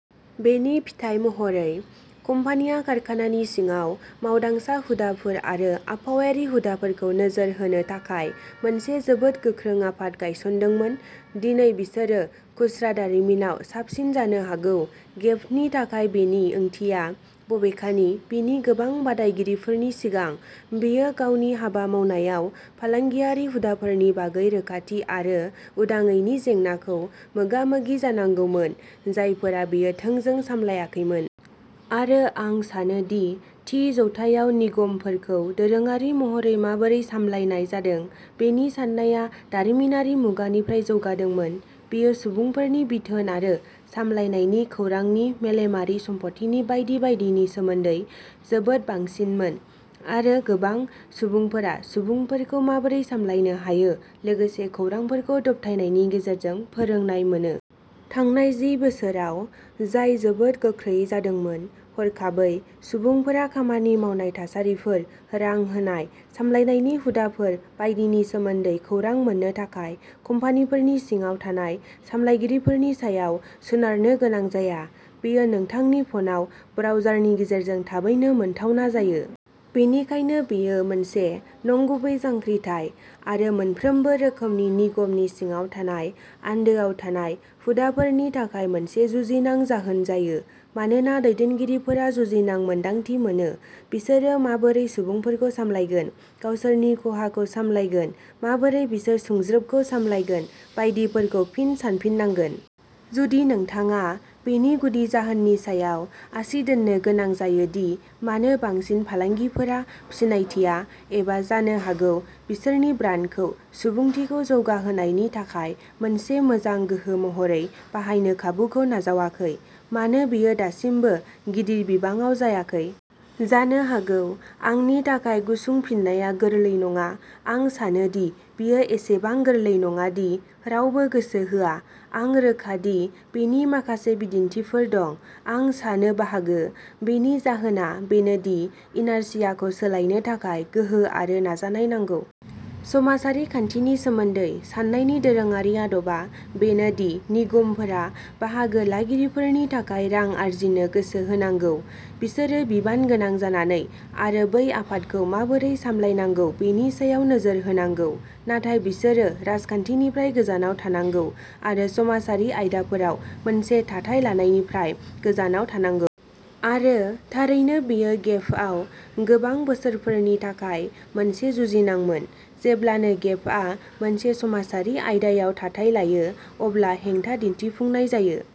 बेनि फिथाय महरै, कम्पानिया कारखानानि सिङाव मावदांसा हुदाफोर आरो आबहावायारि हुदाफोरखौ नोजोर होनो थाखाय मोनसे जोबोद गोख्रों आफाद गायसनदोंमोन। दिनै, बिसोरो खुस्रा दारिमिनाव साबसिन जानो हागौ। गेपनि थाखाय बेनि ओंथिया, बबेखानि, बिनि गोबां बादायगिरिफोरनि सिगां, बेयो गावनि हाबा मावनायाव फालांगियारि हुदाफोरनि बागै रोखाथि आरो उदाङैनि जेंनाखौ मोगा-मोगि जानांगौमोन-जायफोरा बेयो थोंजों सामलायाखैमोन। आरो आं सानो दि थि जौथायाव निगमफोरखौ दोरोङारि महरै माबोरै सामलायनाय जादों बेनि साननाया दारिमिनारि मुगानिफ्राय जौगादोंमोन। बेयो सुबुंफोरनि बिथोन आरो सामलायनायनि, खौरांनि, मेलेमारि सम्पथिनि बायदि बायदिनि सोमोन्दै जोबोद बांसिनमोन। आरो गोबां सुबुंफोरा सुबुंफोरखौ माबोरै सामलायनो हायो, लोगोसे खौरांफोरखौ दबथायनायनि गेजेरजों फोरोंनाय मोनो। थांनाय जि बोसोराव जाय जोबोद गोख्रैयै जादोंमोन। हरखाबै, सुबुंफोरा खामानि मावनाय थासारिफोर, रां होनाय, सामलायनायनि हुदाफोर बायदिनि सोमोन्दै खौरां मोननो थाखाय कम्पानिफोरनि सिङाव थानाय सामलायगिरिफोरनि सायाव सोनारनो गोनां जाया। बेयो नोंथांनि फनाव ब्राउजारनि गेजेरजों थाबैनो मोनथावना जायो। बेनिखायनो बेयो मोनसे नंगुबै जांख्रिथाय आरो मोनफ्रोमबो रोखोमनि निगमनि सिङाव थानाय आन्दोआव थानाय हुदाफोरनि थाखाय मोनसे जुजिनां जाहोन जायो मानोना दैदेनगिरिफोरा जुजिनां मोन्दांथि मोनो। बिसोरो माबोरै सुबुंफोरखौ सामलायगोन, गावसोरनि खहाखौ सामलायगोन, माबोरै बिसोर सुंज्रोबखौ सामलायगोन बायदिफोरखौ फिन सानफिननांगोन। जुदि नोंथाङा बेनि गुदि जाहोननि सायाव आसि दोन्नो गोनां जायो दि मानो बांसिन फालांगिफोरा सिनायथिया, एबा जानो हागौ बिसोरनि ब्रान्डखौ "सुबुंथिखौ जौगाहोनाय" नि थाखाय मोनसे मोजां गोहो महरै बाहायनो खाबुखौ नाजावाखै-मानो बेयो दासिमबो गिदिर बिबाङाव जायाखै? जानो हागौ आंनि थाखाय गुसुं फिननाया गोरलै नङा। आं सानो दि बेयो एसेबां गोरलै नङा दि "रावबो गोसो होआ"। आं रोखा दि बेनि माखासे बिदिन्थिफोर दं। आं सानो बाहागो। बेनि जाहोना बेनो दि इनार्शियाखौ सोलायनो थाखाय गोहो आरो नाजानाय नांगौ। समाजारि खान्थिनि सोमोन्दै साननायनि दोरोङारि आदबा बेनो दि निगमफोरा बाहागो लागिरिफोरनि थाखाय रां आर्जिनो गोसो होनांगौ। बिसोरो बिबानगोनां जानानै आरो बै आफादखौ माबोरै सामलायनांगौ बेनि सायाव नोजोर होनांगौ। नाथाय बिसोरो राजखान्थिनिफ्राय गोजानाव थानांगौ आरो समाजारि आयदाफोराव मोनसे थाथाय लानायनिफ्राय गोजानाव थानांगौ। आरो, थारैनो, बेयो गेपआव गोबां बोसोरफोरनि थाखाय मोनसे जुजिनांमोन। जेब्लानो गेपआ मोनसे समाजारि आयदायाव थाथाय लायो, अब्ला हेंथा दिन्थिफुंनाय जायो।